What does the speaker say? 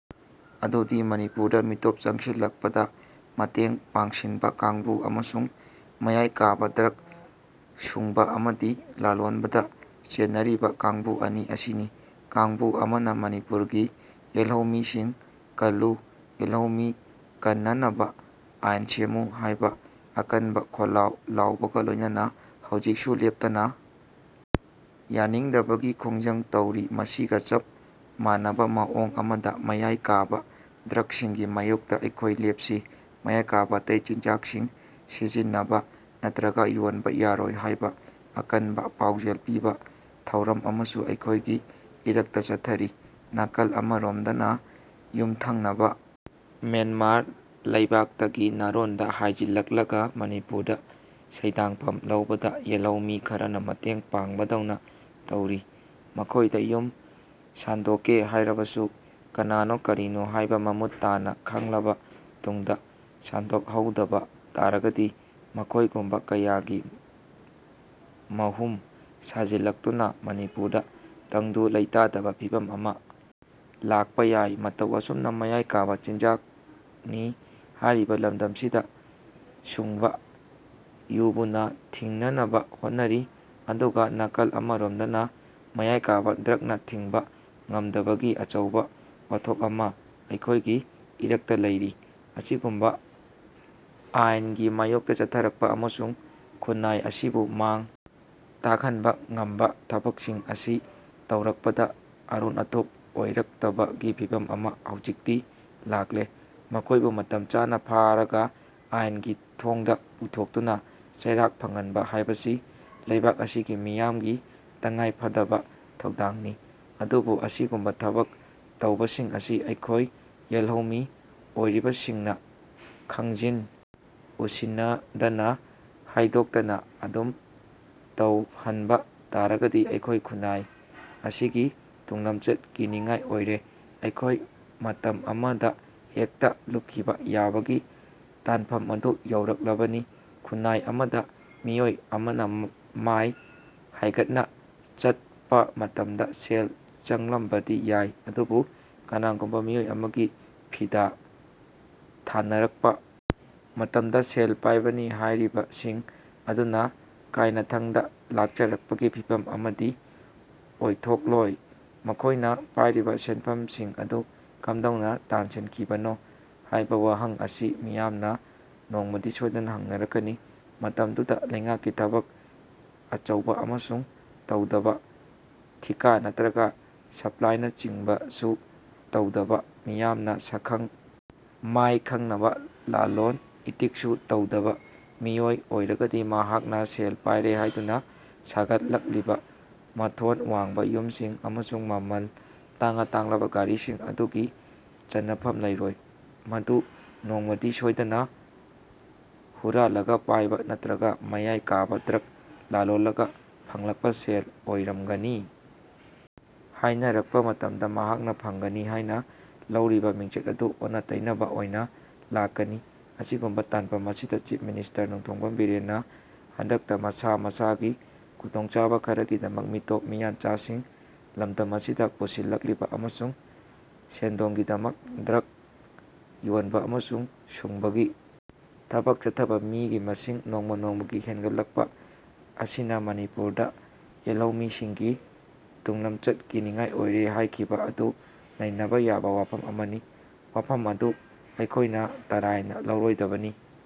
ꯑꯗꯨꯗꯤ ꯃꯅꯤꯄꯨꯔꯗ ꯃꯤꯇꯣꯞ ꯆꯪꯁꯤꯜꯂꯛꯄꯗ ꯃꯇꯦꯡ ꯄꯥꯡꯁꯤꯟꯕ ꯀꯥꯡꯕꯨ ꯑꯃꯁꯨꯡ ꯃꯌꯥꯏ ꯀꯥꯕ ꯗ꯭ꯔꯒ ꯁꯨꯡꯕ ꯑꯃꯗꯤ ꯂꯂꯣꯟꯕꯗ ꯆꯦꯟꯅꯔꯤꯕ ꯀꯥꯡꯕꯨ ꯑꯅꯤ ꯑꯁꯤꯅꯤ꯫ꯀꯥꯡꯕꯨ ꯑꯃꯅ ꯃꯅꯤꯄꯨꯔꯒꯤ ꯌꯦꯜꯍꯧꯃꯤꯁꯤꯡ ꯀꯜꯂꯨ, ꯌꯦꯜꯍꯧꯃꯤ ꯀꯟꯅꯅꯕ ꯑꯥꯏꯟ ꯁꯦꯝꯃꯨ ꯍꯥꯏꯕ ꯑꯀꯟꯕ ꯈꯣꯜꯂꯥꯎ ꯂꯥꯎꯕꯒ ꯂꯣꯏꯅꯅ ꯍꯧꯖꯤꯛꯁꯨ ꯂꯦꯞꯇꯅ ꯌꯥꯅꯤꯡꯗꯕꯒꯤ ꯈꯣꯡꯖꯪ ꯇꯧꯔꯤ꯫ꯃꯁꯤꯒ ꯆꯞ ꯃꯥꯟꯅꯕ ꯃꯑꯣꯡ ꯑꯃꯗ ꯃꯌꯥꯏ ꯀꯥꯕ ꯗ꯭ꯔꯒꯁꯤꯡꯒꯤ ꯃꯥꯌꯣꯛꯇ ꯑꯩꯈꯣꯏ ꯂꯦꯞꯁꯤ, ꯃꯌꯥꯏ ꯀꯥꯕ ꯑꯇꯩ ꯆꯤꯟꯖꯥꯛꯁꯤꯡ ꯁꯤꯖꯤꯟꯅꯕ ꯅꯠꯇ꯭ꯔꯒ ꯌꯣꯟꯕ ꯌꯥꯔꯣꯏ ꯍꯥꯏꯕ ꯑꯀꯟꯕ ꯄꯥꯎꯖꯦꯜ ꯄꯤꯕ ꯊꯧꯔꯝ ꯑꯃꯁꯨ ꯑꯩꯈꯣꯏꯒꯤ ꯏꯔꯛꯇ ꯆꯠꯊꯔꯤ꯫ ꯅꯥꯀꯜ ꯑꯃꯔꯣꯝꯗꯅ ꯌꯨꯝꯊꯪꯅꯕ ꯃ꯭ꯌꯥꯟꯃꯥꯔ ꯂꯩꯕꯥꯛꯇꯒꯤ ꯅꯥꯔꯣꯟꯗ ꯍꯥꯏꯖꯤꯜꯂꯛꯂꯒ ꯃꯅꯤꯄꯨꯔꯗ ꯁꯩꯗꯥꯡꯐꯝ ꯂꯧꯕꯗ ꯌꯦꯜꯍꯧꯃꯤ ꯈꯔꯅ ꯃꯇꯦꯡ ꯄꯥꯡꯕꯗꯧꯅ ꯇꯧꯔꯤ꯫ꯃꯈꯣꯏꯗ ꯌꯨꯝ ꯁꯥꯟꯗꯣꯛꯀꯦ ꯍꯥꯏꯔꯕꯁꯨ ꯀꯅꯥꯅꯣ ꯀꯔꯤꯅꯣ ꯍꯥꯏꯕ ꯃꯃꯨꯠ ꯇꯥꯅ ꯈꯪꯂꯕ ꯇꯨꯡꯗ ꯁꯥꯟꯗꯣꯛꯍꯧꯗꯕ ꯇꯥꯔꯒꯗꯤ ꯃꯈꯣꯏꯒꯨꯝꯕ ꯀꯌꯥꯒꯤ ꯃꯍꯨꯝ ꯁꯥꯖꯤꯜꯂꯛꯇꯨꯅ ꯃꯅꯤꯄꯨꯔꯗ ꯇꯪꯗꯨ ꯂꯩꯇꯥꯗꯕ ꯐꯤꯚꯝ ꯑꯃ ꯂꯥꯛꯄ ꯌꯥꯏ꯫ꯃꯇꯧ ꯑꯁꯨꯝꯅ ꯃꯌꯥꯏ ꯀꯥꯕ ꯆꯤꯟꯖꯥꯛꯅꯤ ꯍꯥꯏꯔꯤꯕ ꯂꯝꯗꯝꯁꯤꯗ ꯁꯨꯡꯕ ꯌꯨꯕꯨꯅ ꯊꯤꯡꯅꯅꯕ ꯍꯣꯠꯅꯔꯤ, ꯑꯗꯨꯒ ꯅꯥꯀꯜ ꯑꯃꯔꯣꯝꯗꯅ ꯃꯌꯥꯏ ꯀꯥꯕ ꯗ꯭ꯔꯒꯅ ꯊꯤꯡꯕ ꯉꯝꯗꯕꯒꯤ ꯑꯆꯧꯕ ꯋꯥꯊꯣꯛ ꯑꯃ ꯑꯩꯈꯣꯏꯒꯤ ꯏꯔꯛꯇ ꯂꯩꯔꯤ꯫ꯑꯁꯤꯒꯨꯝꯕ ꯑꯜꯥꯥꯏꯟꯒꯤ ꯃꯥꯌꯣꯛꯇ ꯆꯠꯊꯔꯛꯄ ꯑꯃꯁꯨꯡ ꯈꯨꯟꯅꯥꯏ ꯑꯁꯤꯕꯨ ꯃꯥꯡ ꯇꯥꯛꯍꯟꯕ ꯉꯝꯕ ꯊꯕꯛꯁꯤꯡ ꯑꯁꯤ ꯇꯧꯔꯛꯄꯗ ꯑꯔꯣꯟ ꯑꯊꯨꯞ ꯑꯣꯏꯔꯛꯇꯕꯒꯤꯐꯤꯚꯝ ꯑꯃ ꯍꯧꯖꯤꯛꯇꯤ ꯂꯥꯛꯂꯦ꯫ꯃꯈꯣꯏꯕꯨ ꯃꯇꯝ ꯆꯥꯅ ꯐꯥꯔꯒ ꯑꯥꯏꯟꯒꯤ ꯊꯣꯡꯗ ꯄꯨꯊꯣꯛꯇꯨꯅ ꯆꯩꯔꯥꯛ ꯐꯪꯍꯟꯕ ꯍꯥꯏꯕꯁꯤ ꯂꯩꯕꯥꯛ ꯑꯁꯤꯒꯤ ꯃꯤꯌꯥꯝꯒꯤ ꯇꯉꯥꯏꯐꯗꯕ ꯊꯧꯗꯥꯡꯅꯤ꯫ꯑꯗꯨꯕꯨ ꯑꯁꯤꯒꯨꯝꯕ ꯊꯕꯛ ꯇꯧꯕꯁꯤꯡ ꯑꯁꯤ ꯑꯩꯈꯣꯏ ꯌꯦꯜꯍꯧꯃꯤ ꯑꯣꯏꯔꯤꯕꯁꯤꯡꯅ ꯈꯪꯖꯤꯟ ꯎꯁꯤꯟꯅꯗꯅ, ꯍꯥꯏꯗꯣꯛꯇꯅ ꯑꯗꯨꯝ ꯇꯧꯍꯟꯕ ꯇꯥꯔꯒꯗꯤ ꯑꯩꯈꯣꯏ ꯈꯨꯟꯅꯥꯏ ꯑꯁꯤꯒꯤ ꯇꯨꯡꯂꯝꯆꯠ ꯀꯤꯅꯤꯉꯥꯏ ꯑꯣꯏꯔꯦ꯫ꯑꯩꯈꯣꯏ ꯃꯇꯝ ꯑꯃꯗ ꯍꯦꯛꯇ ꯂꯨꯞꯈꯤꯕ ꯌꯥꯕꯒꯤ ꯇꯥꯟꯐꯝ ꯑꯗꯨ ꯌꯧꯔꯛꯂꯕꯅꯤ꯫ꯈꯨꯟꯅꯥꯏ ꯑꯃꯗ ꯃꯤꯑꯣꯏ ꯑꯃꯅ ꯃꯥꯏ ꯍꯥꯏꯒꯠꯅ ꯆꯠꯄꯃꯇꯝꯗ ꯁꯦꯜ ꯆꯪꯂꯝꯕꯗꯤ ꯌꯥꯏ꯫ꯑꯗꯨꯕꯨ ꯀꯅꯥꯒꯨꯝꯕ ꯃꯤꯑꯣꯏ ꯑꯃꯒꯤ ꯐꯤꯗꯥ ꯊꯥꯅꯔꯛꯄ ꯃꯇꯝꯗ ꯁꯦꯜ ꯄꯥꯏꯕꯅꯤ ꯍꯥꯏꯔꯤꯕꯁꯤꯡ ꯑꯗꯨꯅ ꯀꯥꯏꯅꯊꯪꯗ ꯂꯥꯛꯆꯔꯛꯄꯒꯤ ꯐꯤꯚꯝ ꯑꯃꯗꯤ ꯑꯣꯏꯊꯣꯛꯂꯣꯏ꯫ꯃꯈꯣꯏꯅ ꯄꯥꯏꯔꯤꯕ ꯁꯦꯟꯐꯝꯁꯤꯡ ꯑꯗꯨ ꯀꯝꯗꯧꯅ ꯇꯥꯟꯁꯤꯟꯈꯤꯕꯅꯣ ꯍꯥꯏꯕ ꯋꯥꯍꯪ ꯑꯁꯤ ꯃꯤꯌꯥꯝꯅ ꯅꯣꯡꯃꯗꯤ ꯁꯣꯏꯗꯅ ꯍꯪꯅꯔꯛꯀꯅꯤ꯫ꯃꯇꯝꯗꯨꯗ ꯂꯩꯉꯥꯛꯀꯤ ꯊꯕꯛ ꯑꯆꯧꯕ ꯑꯃꯁꯨ ꯇꯧꯗꯕ, ꯊꯤꯀꯥ ꯅꯠꯇ꯭ꯔꯒ ꯁꯄ꯭ꯂꯥꯏꯅꯆꯤꯡꯕꯁꯨ ꯇꯧꯗꯕ, ꯃꯤꯌꯥꯝꯅ ꯁꯛꯈꯪ ꯃꯥꯏꯈꯪꯅꯕ ꯂꯂꯣꯟ ꯏꯇꯤꯛꯁꯨ ꯇꯧꯗꯕ ꯃꯤꯑꯣꯏ ꯑꯣꯏꯔꯒꯗꯤ ꯃꯍꯥꯛꯅ ꯁꯦꯜ ꯄꯥꯏꯔꯦ ꯍꯥꯏꯗꯨꯅ ꯁꯥꯒꯠꯂꯛꯂꯤꯕ ꯃꯊꯣꯟ ꯋꯥꯡꯕ ꯌꯨꯝꯁꯤꯡ ꯑꯃꯁꯨꯡ ꯃꯃꯜ ꯇꯥꯡꯂ-ꯇꯥꯡꯂꯕ ꯒꯥꯔꯤꯁꯤꯡ ꯑꯗꯨꯒꯤ ꯆꯟꯅꯐꯝ ꯂꯩꯔꯣꯏ꯫ꯃꯗꯨ ꯅꯣꯡꯃꯗꯤ ꯁꯣꯏꯗꯅ ꯍꯨꯔꯥꯜꯂꯒ ꯄꯥꯏꯕ ꯅꯠꯇ꯭ꯔꯒ ꯃꯌꯥꯏ ꯀꯥꯕ ꯗ꯭ꯔꯒ ꯂꯂꯣꯜꯂꯒ ꯐꯪꯂꯛꯄ ꯁꯦꯜ ꯑꯣꯏꯔꯝꯒꯅꯤ ꯍꯥꯏꯅꯔꯛꯄ ꯃꯇꯝꯗ ꯃꯍꯥꯛꯅ ꯐꯪꯒꯅꯤ ꯍꯥꯏꯅ ꯂꯧꯔꯤꯕ ꯃꯤꯡꯆꯠ ꯑꯗꯨ ꯑꯣꯟꯅ-ꯇꯩꯅꯕ ꯑꯣꯏꯅ ꯂꯥꯛꯀꯅꯤ꯫ꯑꯁꯤꯒꯨꯝꯕ ꯇꯥꯟꯐꯝ ꯑꯁꯤꯗ ꯆꯤꯐ ꯃꯤꯅꯤꯁꯇꯔ ꯅꯣꯡꯊꯣꯝꯕꯝ ꯕꯤꯔꯦꯟꯅ ꯍꯟꯗꯛꯇ ꯃꯁꯥ ꯃꯁꯥꯒꯤ ꯈꯨꯗꯣꯡꯆꯥꯕ ꯈꯔꯒꯤꯗꯃꯛ ꯃꯤꯇꯣꯞ ꯃꯤꯌꯥꯟꯆꯥꯁꯤꯡ ꯂꯝꯗꯝ ꯑꯁꯤꯗ ꯄꯨꯁꯤꯜꯂꯛꯂꯤꯕ ꯑꯃꯁꯨꯡ ꯁꯦꯟꯗꯣꯡꯒꯤꯗꯃꯛ ꯗ꯭ꯔꯒ ꯌꯣꯟꯕ ꯑꯃꯁꯨꯡ ꯁꯨꯡꯕꯒꯤ ꯊꯕꯛ ꯆꯠꯊꯕ ꯃꯤꯒꯤ ꯃꯁꯤꯡ ꯅꯣꯡꯃ ꯅꯣꯡꯃꯒꯤ ꯍꯦꯟꯒꯠꯂꯛꯄ ꯑꯁꯤꯅꯃꯅꯤꯄꯨꯔꯗ ꯌꯦꯜꯍꯧꯃꯤꯁꯤꯡꯒꯤ ꯇꯨꯡꯂꯝꯆꯠ ꯀꯤꯅꯤꯉꯥꯏ ꯑꯣꯏꯔꯦ ꯍꯥꯏꯈꯤꯕ ꯑꯗꯨ ꯅꯩꯅꯕ ꯌꯥꯕ ꯋꯥꯐꯝ ꯑꯃꯅꯤ꯫ꯋꯥꯐꯝ ꯑꯗꯨ ꯑꯩꯈꯣꯏꯅ ꯇꯔꯥꯏꯅ ꯂꯧꯔꯣꯏꯗꯕꯅꯤ꯫